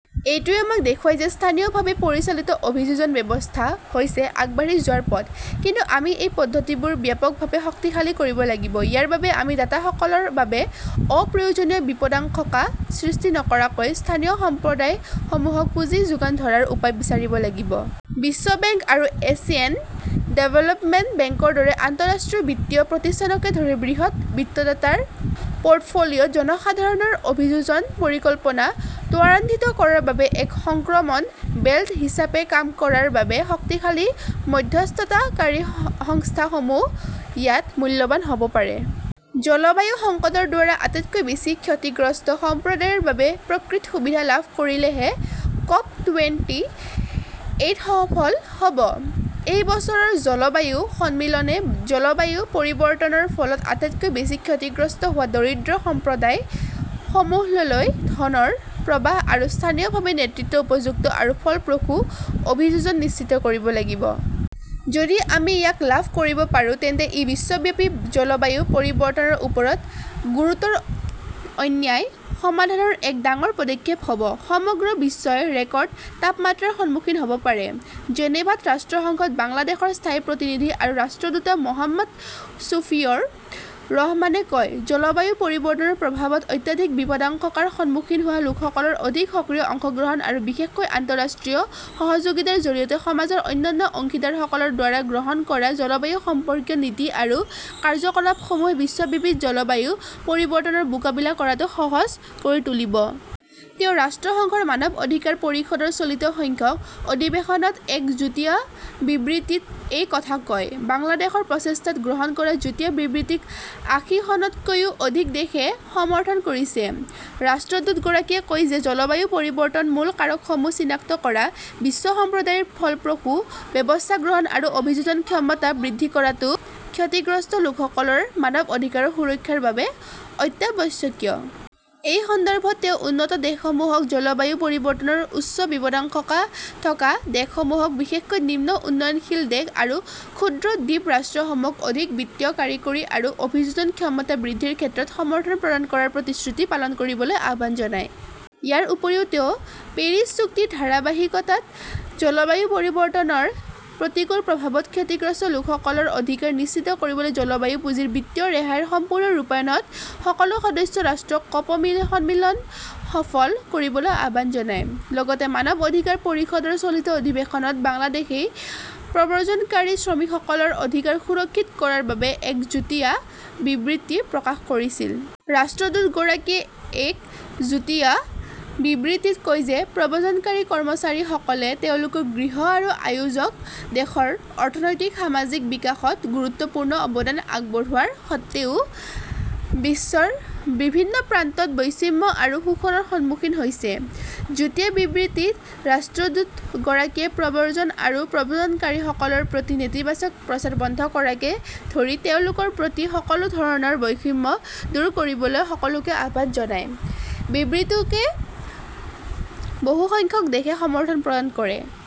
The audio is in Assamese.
এইটোৱে আমাক দেখুৱায় যে স্থানীয়ভাৱে পৰিচালিত অভিযোজন ব্যৱস্থা হৈছে আগবাঢ়ি যোৱাৰ পথ। কিন্তু আমি এই পদ্ধতিবোৰ ব্যাপকভাৱে শক্তিশালী কৰিব লাগিব। ইয়াৰ বাবে আমি দাতাসকলৰ বাবে অপ্ৰয়োজনীয় বিপদাশংকা সৃষ্টি নকৰাকৈ স্থানীয় সম্প্ৰদায়সমূহক পুঁজি যোগান ধৰাৰ উপায় বিচাৰিব লাগিব। বিশ্ব বেংক আৰু এছিয়ান ডেভেলপমেণ্ট বেংকৰ দৰে আন্তঃৰাষ্ট্ৰীয় বিত্তীয় প্ৰতিষ্ঠানকে ধৰি বৃহৎ বিত্তদাতাৰ পৰ্টফোলিঅ'ত জনসাধাৰণৰ অভিযোজন পৰিকল্পনা ত্বৰান্বিত কৰাৰ বাবে এক সংক্ৰমণ বেল্ট হিচাপে কাম কৰাৰ বাবে শক্তিশালী মধ্যস্থতাকাৰী সংস্থাসমূহ ইয়াত মূল্যৱান হ'ব পাৰে। জলবায়ু সংকটৰ দ্বাৰা আটাইতকৈ বেছি ক্ষতিগ্ৰস্ত সম্প্ৰদায়ৰ বাবে প্ৰকৃত সুবিধা লাভ কৰিলেহে ক'প টুৱেন্টি এইট সফল হ'ব। এই বছৰৰ জলবায়ু সন্মিলনে জলবায়ু পৰিৱৰ্তনৰ ফলত আটাইতকৈ বেছি ক্ষতিগ্ৰস্ত হোৱা দৰিদ্ৰ সম্প্ৰদায় সমূহলৈলৈ ধনৰ প্ৰবাহ আৰু স্থানীয়ভাৱে নেতৃত্ব, উপযুক্ত আৰু ফলপ্ৰসূ অভিযোজন নিশ্চিত কৰিব লাগিব। যদি আমি ইয়াক লাভ কৰিব পাৰোঁ, তেন্তে ই বিশ্বব্যাপী জলবায়ু পৰিৱৰ্তনৰ ওপৰত গুৰুতৰ অন্যায় সমাধানৰ এক ডাঙৰ পদক্ষেপ হ'ব। সমগ্ৰ বিশ্বই ৰেকৰ্ড তাপমাত্ৰাৰ সন্মুখীন হ'ব পাৰে। জেনেভাত ৰাষ্ট্ৰসংঘত বাংলাদেশৰ স্থায়ী প্ৰতিনিধি আৰু ৰাষ্ট্ৰদূত মোহাম্মদ সুফিউৰ ৰহমানে কয়, জলবায়ু পৰিৱৰ্তনৰ প্ৰভাৱত অত্যাধিক বিপদাশংকাৰ সন্মুখীন হোৱা লোকসকলৰ অধিক সক্ৰিয় অংশগ্ৰহণ আৰু বিশেষকৈ আন্তঃৰাষ্ট্ৰীয় সহযোগিতাৰ জৰিয়তে সমাজৰ অন্যান্য অংশীদাৰসকলৰ দ্বাৰা গ্ৰহণ কৰা জলবায়ু সম্পৰ্কীয় নীতি আৰু কাৰ্যকলাপসমূহে বিশ্বব্যাপী জলবায়ু পৰিৱৰ্তনৰ মোকাবিলা কৰাটো সহজ কৰি তুলিব। তেওঁ ৰাষ্ট্ৰসংঘৰ মানৱ অধিকাৰ পৰিষদৰ চলিত সংখ্যক অধিৱেশনত এক যুটীয়া বিবৃতিত এই কথা কয়। বাংলাদেশৰ প্ৰচেষ্টাত গ্ৰহণ কৰা যুটীয়া বিবৃতিক আঁশীখনতকৈও অধিক দেশে সমৰ্থন কৰিছে। ৰাষ্ট্ৰদূতগৰাকীয়ে কয় যে, জলবায়ু পৰিৱৰ্তনৰ মূল কাৰকসমূহ চিনাক্ত কৰা, বিশ্ব সম্প্ৰদায়ৰ ফলপ্ৰসূ ব্যৱস্থা গ্ৰহণ আৰু অভিযোজন ক্ষমতা বৃদ্ধি কৰাটো ক্ষতিগ্ৰস্ত লোকসকলৰ মানৱ অধিকাৰৰ সুৰক্ষাৰ বাবে অত্যাৱশ্যকীয়। এই সন্দৰ্ভত তেওঁ উন্নত দেশসমূহক জলবায়ু পৰিৱৰ্তনৰ উচ্চ বিপদাশংকা থকা দেশসমূহক বিশেষকৈ নিম্ন উন্নয়নশীল দেশ আৰু ক্ষুদ্ৰ দ্বীপ ৰাষ্ট্ৰসমূহক অধিক বিত্তীয়, কাৰিকৰী আৰু অভিযোজন ক্ষমতা বৃদ্ধিৰ ক্ষেত্ৰত সমৰ্থন প্ৰদান কৰাৰ প্ৰতিশ্ৰুতি পালন কৰিবলৈ আহ্বান জনায়। ইয়াৰ উপৰিও তেওঁ পেৰিছ চুক্তিৰ ধাৰাবাহিকতাত জলবায়ু পৰিৱৰ্তনৰ প্ৰতিকূল প্ৰভাৱত ক্ষতিগ্ৰস্ত লোকসকলৰ অধিকাৰ নিশ্চিত কৰিবলৈ জলবায়ু পুঁজিৰ বিত্তীয় ৰেহাইৰ সম্পূৰ্ণ ৰূপায়ণত সকলো সদস্য ৰাষ্ট্ৰক ক'প সন্মিলন সফল কৰিবলৈ আহ্বান জনায়। লগতে মানৱ অধিকাৰ পৰিষদৰ চলিত অধিৱেশনত বাংলাদেশই প্ৰব্ৰজনকাৰী শ্ৰমিকসকলৰ অধিকাৰ সুৰক্ষিত কৰাৰ বাবে এক যুটীয়া বিবৃতি প্ৰকাশ কৰিছিল। ৰাষ্ট্ৰদূতগৰাকীয়ে এক যুটীয়া বিবৃতিত কয় যে প্ৰব্ৰজনকাৰী কৰ্মচাৰীসকলে তেওঁলোকৰ গৃহ আৰু আয়োজক দেশৰ অৰ্থনৈতিক-সামাজিক বিকাশত গুৰুত্বপূৰ্ণ অৱদান আগবঢ়োৱাৰ সত্ত্বেও বিশ্বৰ বিভিন্ন প্ৰান্তত বৈষম্য আৰু শোষণৰ সন্মুখীন হৈছে। যুটীয়া বিবৃতিত ৰাষ্ট্ৰদূতগৰাকীয়ে প্ৰব্ৰজন আৰু প্ৰব্ৰজনকাৰীসকলৰ প্ৰতি নেতিবাচক প্ৰচাৰ বন্ধ কৰাকে ধৰি তেওঁলোকৰ প্ৰতি সকলো ধৰণৰ বৈষম্য দূৰ কৰিবলৈ সকলোকে আহ্বান জনায়। বিবৃতিটোকো বহুসংখ্যক দেশে সমৰ্থন প্ৰদান কৰে।